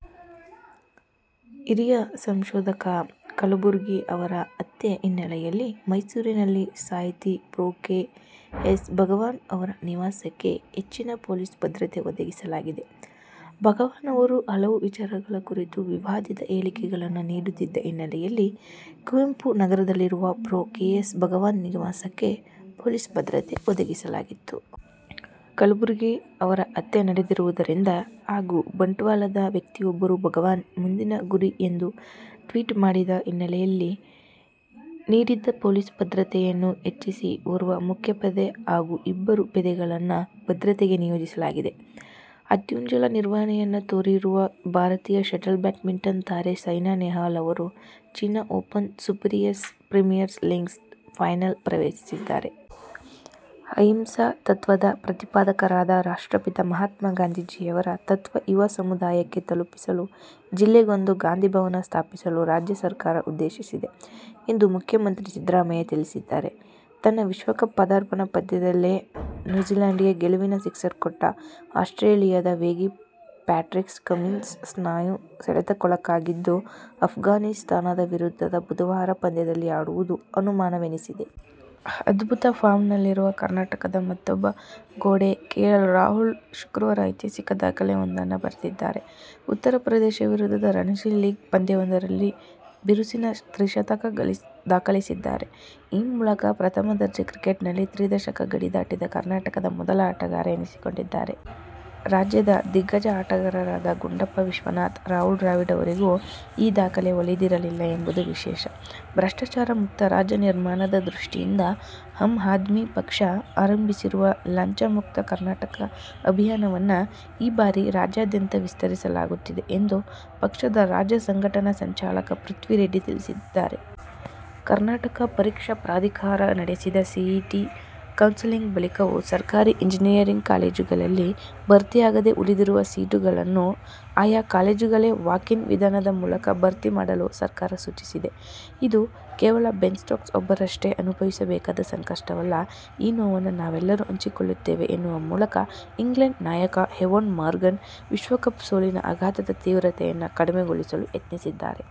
ಹಿರಿಯ ಸಂಶೋಧಕ ಕಲಬುರ್ಗಿ ಅವರ ಹತ್ಯೆ ಹಿನ್ನೆಲೆಯಲ್ಲಿ ಮೈಸೂರಿನಲ್ಲಿ ಸಾಹಿತಿ ಪ್ರೊ. ಕೆ. ಎಸ್. ಭಗವಾನ್ ಅವರ ನಿವಾಸಕ್ಕೆ ಹೆಚ್ಚಿನ ಪೊಲೀಸ್ ಭದ್ರತೆ ಒದಗಿಸಲಾಗಿದೆ. ಭಗವಾನ್ ಅವರು ಹಲವು ವಿಚಾರಗಳ ಕುರಿತು ವಿವಾದಿತ ಹೇಳಿಕೆಗಳನ್ನು ನೀಡುತ್ತಿದ್ದ ಹಿನ್ನೆಲೆಯಲ್ಲಿ ಕುವೆಂಪು ನಗರದಲ್ಲಿರುವ ಪ್ರೊ. ಕೆ. ಎಸ್. ಭಗವಾನ್ ನಿವಾಸಕ್ಕೆ ಪೊಲೀಸ್ ಭದ್ರತೆ ಒದಗಿಸಲಾಗಿತ್ತು. ಕಲಬುರ್ಗಿ ಅವರ ಹತ್ಯೆ ನಡೆದಿರುವುದರಿಂದ ಹಾಗೂ ಬಂಟ್ವಾಳದ ವ್ಯಕ್ತಿಯೊಬ್ಬರು ಭಗವಾನ್ ಮುಂದಿನ ಗುರಿ ಎಂದು ಟ್ವೀಟ್ ಮಾಡಿದ್ದ ಹಿನ್ನೆಲೆಯಲ್ಲಿ ನೀಡಿದ್ದ ಪೊಲೀಸ್ ಭದ್ರತೆಯನ್ನು ಹೆಚ್ಚಿಸಿ ಓರ್ವ ಮುಖ್ಯಪೇದೆ ಹಾಗೂ ಇಬ್ಬರು ಪೇದೆಗಳನ್ನು ಭದ್ರತೆಗೆ ನಿಯೋಜಿಸಲಾಗಿದೆ. ಅತ್ಯುಜ್ವಲ ನಿರ್ವಹಣೆಯನ್ನು ತೋರಿರುವ ಭಾರತೀಯ ಶಟಲ್ ಬ್ಯಾಡ್ಮಿಂಟನ್ ತಾರೆ ಸೈನಾ ನೆಹ್ವಾಲ್ ಅವರು ಚೀನ ಓಪನ್ ಸೂಪರ್ಸೀರಿಸ್ ಪ್ರೀಮಿಯರ್ನ ಸಿಂಗಲ್ಸ್ ಫೈನಲ್ ಪ್ರವೇಶಿಸಿದ್ದಾರೆ. ಅಹಿಂಸಾ ತತ್ವದ ಪ್ರತಿಪಾದಕರಾದ ರಾಷ್ಟ್ರಪಿತ ಮಹ್ಮಾತ್ಮ ಗಾಂಧೀಜಿಯವರ ತತ್ವ ಯುವ ಸಮುದಾಯಕ್ಕೆ ತಲುಪಿಸಲು ಜಿಲ್ಲೆಗೊಂದು ಗಾಂಧಿಭವನ ಸ್ಥಾಪಿಸಲು ರಾಜ್ಯ ಸರ್ಕಾರ ಉದ್ದೇಶಿಸಿದೆ ಎಂದು ಮುಖ್ಯಮಂತ್ರಿ ಸಿದ್ದರಾಮಯ್ಯ ತಿಳಿಸಿದ್ದಾರೆ. ತನ್ನ ವಿಶ್ವಕಪ್ ಪದಾರ್ಪಣಾ ಪಂದ್ಯದಲ್ಲೇ ನ್ಯೂಜಿಲ್ಯಾಂಡಿಗೆ ಗೆಲುವಿನ ಸಿಕ್ಸರ್ ಕೊಟ್ಟ ಆಸ್ಟ್ರೇಲಿಯದ ವೇಗಿ ಪ್ಯಾಟ್ರಿಕ್ ಕಮಿನ್ಸ್ ಸ್ನಾಯು ಸೆಳೆತಕ್ಕೊಳಗಾಗಿದ್ದು, ಅಫ್ಘಾನಿಸ್ಥಾನ ವಿರುದ್ಧದ ಬುಧವಾರದ ಪಂದ್ಯದಲ್ಲಿ ಆಡುವುದು ಅನುಮಾನವೆನಿಸಿದೆ. ಅದ್ಭುತ ಫಾರ್ಮ್ನಲ್ಲಿರುವ ಕರ್ನಾಟಕದ ಮತ್ತೂಬ್ಬ "ಗೋಡೆ' ಕೆ. ಎಲ್. ರಾಹುಲ್ ಶುಕ್ರವಾರ ಐತಿಹಾಸಿಕ ದಾಖಲೆಯೊಂದನ್ನು ಬರೆದಿದ್ದಾರೆ. ಉತ್ತರ ಪ್ರದೇಶ ವಿರುದ್ಧದ ರಣಜಿ ಲೀಗ್ ಪಂದ್ಯವೊಂದರಲ್ಲಿ ಬಿರುಸಿನ ತ್ರಿಶತಕ ದಾಖಲಿಸಿದ್ದಾರೆ. ಈ ಮೂಲಕ ಪ್ರಥಮ ದರ್ಜೆ ಕ್ರಿಕೆಟ್ನಲ್ಲಿ ತ್ರಿಶತಕ ಗಡಿ ದಾಟಿದ ಕರ್ನಾಟಕದ ಮೊದಲ ಆಟಗಾರ ಎನಿಸಿಕೊಂಡಿದ್ದಾರೆ. ರಾಜ್ಯದ ದಿಗ್ಗಜ ಆಟಗಾರರಾದ ಗುಂಡಪ್ಪ ವಿಶ್ವನಾಥ್, ರಾಹುಲ್ ದ್ರಾವಿಡ್ ಅವರಿಗೂ ಈ ದಾಖಲೆ ಒಲಿದಿರಲಿಲ್ಲ ಎಂಬುದು ವಿಶೇಷ. ಭ್ರಷ್ಟಾಚಾರ ಮುಕ್ತ ರಾಜ್ಯ ನಿರ್ಮಾಣದ ದೃಷ್ಟಿಯಿಂದ ಆಮ್ ಆದ್ಮಿ ಪಕ್ಷ ಆರಂಭಿಸಿರುವ ಲಂಚಮುಕ್ತ ಕರ್ನಾಟಕ ಅಭಿಯಾನವನ್ನು ಈ ಬಾರಿ ರಾಜ್ಯಾದ್ಯಂತ ವಿಸ್ತರಿಸಲಾಗುತ್ತಿದೆ ಎಂದು ಪಕ್ಷದ ರಾಜ್ಯ ಸಂಘಟನಾ ಸಂಚಾಲಕ ಪೃಥ್ವಿರೆಡ್ಡಿ ತಿಳಿಸಿದ್ದಾರೆ. ಕರ್ನಾಟಕ ಪರೀಕ್ಷಾ ಪ್ರಾಧಿಕಾರ ನಡೆಸಿದ ಸಿಇಟಿ ಕೌನ್ಸೆಲಿಂಗ್ ಬಳಿಕವೂ ಸರ್ಕಾರಿ ಇಂಜಿನಿಯರಿಂಗ್ ಕಾಲೇಜುಗಳಲ್ಲಿ ಭರ್ತಿಯಾಗದೆ ಉಳಿದಿರುವ ಸೀಟುಗಳನ್ನು ಆಯಾ ಕಾಲೇಜುಗಳೇ ವಾಕ್-ಇನ್ ವಿಧಾನದ ಮೂಲಕ ಭರ್ತಿ ಮಾಡಲು ಸರ್ಕಾರ ಸೂಚಿಸಿದೆ. "ಇದು ಕೇವಲ ಬೆನ್ ಸ್ಟೋಕ್ಸ್ ಒಬ್ಬರಷ್ಟೇ ಅನುಭವಿಸಬೇಕಾದ ಸಂಕಟವಲ್ಲ. ಆ ನೋವನ್ನು ನಾವೆಲ್ಲರೂ ಹಂಚಿಕೊಳ್ಳುತ್ತೇವೆ' ಎನ್ನುವ ಮೂಲಕ ಇಂಗ್ಲೆಂಡ್ ನಾಯಕ ಎವೋನ್ ಮಾರ್ಗನ್ ವಿಶ್ವಕಪ್ ಸೋಲಿನ ಆಘಾತದ ತೀವ್ರತೆಯನ್ನು ಕಡಿಮೆಗೊಳಿಸಲು ಯತ್ನಿಸಿದ್ದಾರೆ.